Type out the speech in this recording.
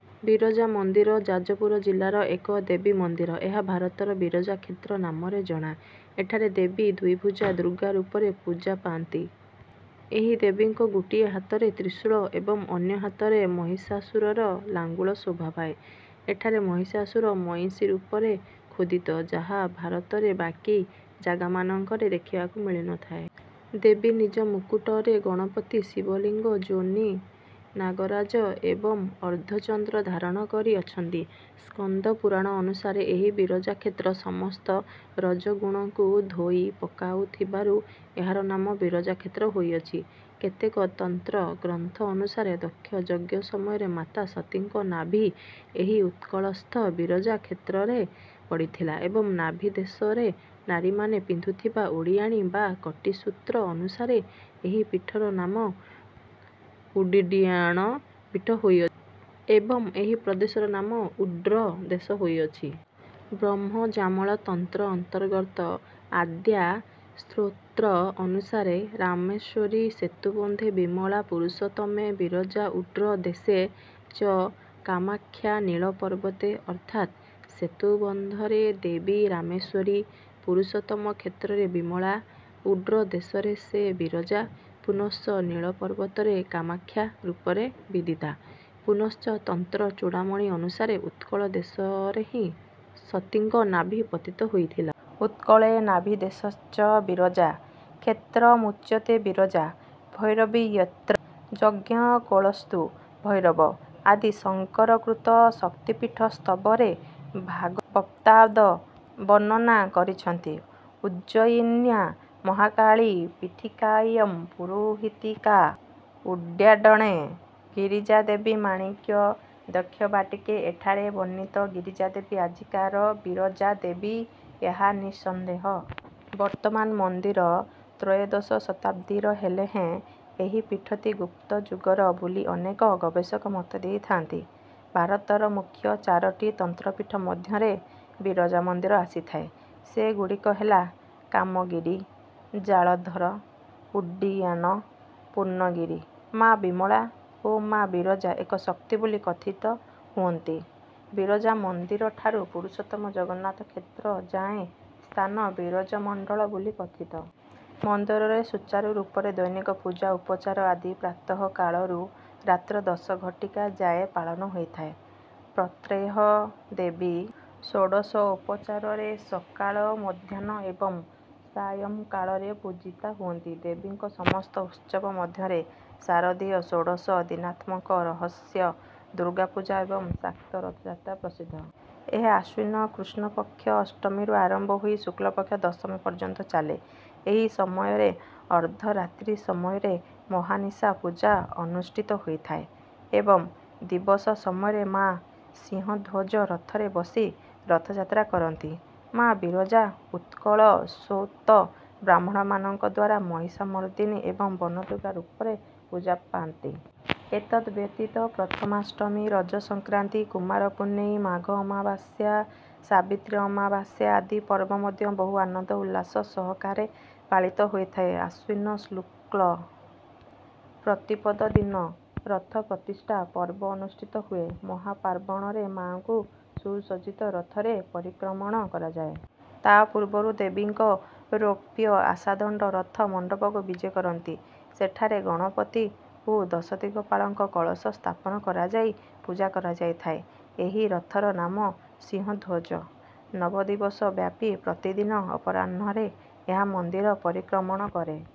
ବିରଜା ମନ୍ଦିର ଯାଜପୁର ଜିଲ୍ଲାର ଏକ ଦେବୀ ମନ୍ଦିର। ଏହା ଭାରତର ବିରଜା କ୍ଷେତ୍ର ନାମରେ ଜଣା। ଏଠାରେ ଦେବୀ ଦ୍ୱିଭୁଜା ଦୁର୍ଗା ରୂପରେ ପୂଜା ପାନ୍ତି। ଏହି ଦେବୀଙ୍କ ଗୋଟିଏ ହାତରେ ତ୍ରିଶୂଳ ଏବଂ ଅନ୍ୟ ହାତରେ ମହିଷାସୁରର ଲାଙ୍ଗୁଳ ଶୋଭା ପାଏ। ଏଠାରେ ମହିଷାସୁର ମଇଁଷି ରୂପରେ ଖୋଦିତ ଯାହା ଭାରତରେ ବାକି ଜାଗାମାନଙ୍କରେ ଦେଖିବାକୁ ମିଳିନଥାଏ। ଦେବୀ ନିଜ ମୁକୁଟରେ ଗଣପତି, ଶିବଲିଙ୍ଗ, ଯୋନି, ନାଗରାଜ ଏବଂ ଅର୍ଦ୍ଧଚନ୍ଦ୍ର ଧାରଣ କରି ଅଛନ୍ତି। ସ୍କନ୍ଦ ପୁରାଣ ଅନୁସାରେ ଏହି ବିରଜା କ୍ଷେତ୍ର ସମସ୍ତ ରଜୋଗୁଣକୁ ଧୋଇ ପକାଉଥିବାରୁ ଏହାର ନାମ ବିରଜା କ୍ଷେତ୍ର ହୋଇଅଛି। କେତେକ ତନ୍ତ୍ର ଗ୍ରନ୍ଥ ଅନୁସାରେ ଦକ୍ଷ ଯଜ୍ଞ ସମୟରେ ମାତା ସତୀଙ୍କ ନାଭି ଏହି ଉତ୍କଳସ୍ଥ ବିରଜା କ୍ଷେତ୍ରରେ ପଡ଼ିଥିଲା ଏବଂ ନାଭି ଦେଶରେ ନାରୀମାନେ ପିନ୍ଧୁଥିବା ଓଡ଼ିଆଣୀ ବା କଟିସୂତ୍ର ଅନୁସାରେ ଏହି ପୀଠର ନାମ ଓଡ୍ଡିୟାଣ ପୀଠ ହୋଇଅଛି, ଏବଂ ଏହି ପ୍ରଦେଶର ନାମ ଓଡ୍ର ଦେଶ ହୋଇଅଛି। ବ୍ରହ୍ମଯାମଳ ତନ୍ତ୍ର ଅନ୍ତର୍ଗତ ଆଦ୍ୟା ସ୍ତୋତ୍ର ଅନୁସାରେ:"ରାମେଶ୍ୱରୀ ସେତୁବନ୍ଧେ ବିମଳା ପୁରୁଷୋତ୍ତମେ ବିରଜା ଓଡ୍ର ଦେଶେ ଚ କାମାଖ୍ୟା ନୀଳ ପର୍ବତେ" ଅର୍ଥାତ୍ ସେତୁବନ୍ଧରେ ଦେବୀ ରାମେଶ୍ୱରୀ, ପୁରୁଷୋତ୍ତମ କ୍ଷେତ୍ରରେ ବିମଳା, ଓଡ୍ର ଦେଶରେ ସେ ବିରଜା, ପୁନଶ୍ଚ ନୀଳପର୍ବତରେ କାମାଖ୍ୟା ରୂପରେ ବିଦିତା। ପୁନଶ୍ଚ ତନ୍ତ୍ର ଚୂଡାମଣି ଅନୁସାରେ ଉତ୍କଳ ଦେଶରେ ହିଁ ସତୀଙ୍କ ନାଭି ପତିତ ହୋଇଥିଲା। ଉତ୍କଳେ ନାଭିଦେଶଶ୍ଚ ବିରଜା କ୍ଷେତ୍ରମୁଚ୍ୟତେବିରଜା ଭୈରବୀ ୟତ୍ର ଯଜ୍ଞକୋଳସ୍ତୁ ଭୈରବ ଆଦି ଶଙ୍କର କୃତ ଶକ୍ତିପୀଠ ସ୍ତବରେ ଭାଗବତ୍ପାଦ ବର୍ଣ୍ଣନା କରିଛନ୍ତି। ଉଜ୍ଜୟିନ୍ୟା ମହାକାଳୀ ପୀଠିକାୟମ୍ ପୁରୁହୁତିକା ଓଡ୍ଡ୍ୟାଣେ ଗିରିଜା ଦେବୀ ମାଣିକ୍ୟ ଦକ୍ଷବାଟିକେ ଏଠାରେ ବର୍ଣ୍ଣିତ ଗିରିଜା ଦେବୀ ଆଜିକାର ବିରଜା ଦେବୀ ଏହା ନିଃସନ୍ଦେହ। ବର୍ତ୍ତମାନର ମନ୍ଦିର ତ୍ରୟୋଦଶ ଶତାବ୍ଦୀର ହେଲେ ହେଁ ଏହି ପୀଠଟି ଗୁପ୍ତ ଯୁଗର ବୋଲି ଅନେକ ଗବେଷକ ମତ ଦେଇଥାନ୍ତି। ଭାରତର ମୁଖ୍ୟ ଚାରୋଟି ତନ୍ତ୍ରପୀଠ ମଧ୍ୟରେ ବିରଜା ମନ୍ଦିର ଆସିଥାଏ, ସେଗୁଡିକ ହେଲା କାମଗିରି, ଜାଳନ୍ଧର, ଓଡ୍ଡୀୟାନ, ପୂର୍ଣ୍ଣଗିରି। ମା ବିମଳା ଓ ମା ବିରଜା ଏକ ଶକ୍ତି ବୋଲି କଥିତ ହୁଅନ୍ତି, ବିରଜାମନ୍ଦିର ଠାରୁ ପୁରୁଷୋତ୍ତମ ଜଗନ୍ନାଥ କ୍ଷେତ୍ର ଯାଏଁ ସ୍ଥାନ ବିରଜମଣ୍ଡଳ ବୋଲି କଥିତ। ମନ୍ଦିରରେ ସୁଚାରୁ ରୂପରେ ଦୈନିକ ପୁଜା ଉପଚାର ଆଦି ପ୍ରାତଃ କାଳରୁ ରାତ୍ର ଦଶ ଘଟିକା ଯାଏ ପାଳନ ହୋଇଥାଏ। ପ୍ରତ୍ୟହ ଦେବୀ ଷୋଡଶଉପଚାରରେ ସକାଳ, ମଧ୍ୟାହ୍ନ ଏବଂ ସାୟଂ କାଳରେ ପୂଜିତା ହୁଅନ୍ତି। ଦେବୀଙ୍କ ସମସ୍ତ ଉତ୍ସବ ମଧ୍ୟରେ ଶାରଦୀୟ ଷୋଡଶ ଦିନାତ୍ମକ ରହସ୍ୟ ଦୁର୍ଗା ପୂଜା ଏବଂ ଶାକ୍ତ ରଥଯାତ୍ରା ପ୍ରସିଦ୍ଧ। ଏହା ଆଶ୍ୱିନ କୃଷ୍ଣପକ୍ଷ ଅଷ୍ଟମୀରୁ ଆରମ୍ଭ ହୋଇ ଶୁକ୍ଲପକ୍ଷ ଦଶମୀ ପର୍ଯ୍ୟନ୍ତ ଚାଲେ। ଏହି ସମୟରେ ଅର୍ଦ୍ଧରାତ୍ରୀ ସମୟରେ ମହାନିଶା ପୂଜା ଅନୁଷ୍ଠିତ ହୋଇଥାଏ ଏବଂ ଦିବସ ସମୟରେ ମା' ସିଂହଧ୍ୱଜ ରଥରେ ବସି ରଥଯାତ୍ରା କରନ୍ତି। ମା' ବିରଜା ଉତ୍କଳ ଶ୍ରୌତ ବ୍ରାହ୍ମଣମାନଙ୍କଦ୍ୱାରା ମହିଷାମର୍ଦିନୀ ଏବଂ ବନଦୁର୍ଗା ରୂପରେ ପୂଜା ପାନ୍ତି। ଏତଦ୍ ବ୍ୟତୀତ ପ୍ରଥାମାଷ୍ଟମୀ, ରଜ ସଂକ୍ରାନ୍ତି, କୁମାର ପୁନେଇ, ମାଘ ଅମାବାସ୍ୟା, ସାବିତ୍ରୀ ଅମାବାସ୍ୟା ଆଦି ପର୍ବ ମଧ୍ୟ ବହୁ ଆନନ୍ଦ ଉଲ୍ଲାସ ସହକାରେ ପାଳିତ ହୋଇଥାଏ। ଆଶ୍ୱିନ ଶୁକ୍ଳ ପ୍ରତିପଦ ଦିନ ରଥ ପ୍ରତିଷ୍ଠା ପର୍ବ ଅନୁଷ୍ଠିତ ହୁଏ। ମହାପାର୍ବଣରେ ମାଙ୍କୁ ସୁସଜ୍ଜିତ ରଥରେ ପରିକ୍ରମଣ କରାଯାଏ। ତା ପୂର୍ବରୁ ଦେବୀଙ୍କ ରୌପ୍ୟ ଆଶାଦଣ୍ଡ ରଥ ମଣ୍ଡପକୁ ବିଜେ କରନ୍ତି। ସେଠାରେ ଗଣପତି ଓ ଦଶଦିଗପାଳଙ୍କ କଳସ ସ୍ଥାପନ କରାଯାଇ ପୂଜା କରାଯାଇଥାଏ। ଏହି ରଥର ନାମ ସିଂହଧ୍ୱଜ। ନବଦିବସ ବ୍ୟାପି ପ୍ରତିଦିନ ଅପରାହ୍ନରେ ଏହା ମନ୍ଦିର ପରିକ୍ରମଣ କରେ।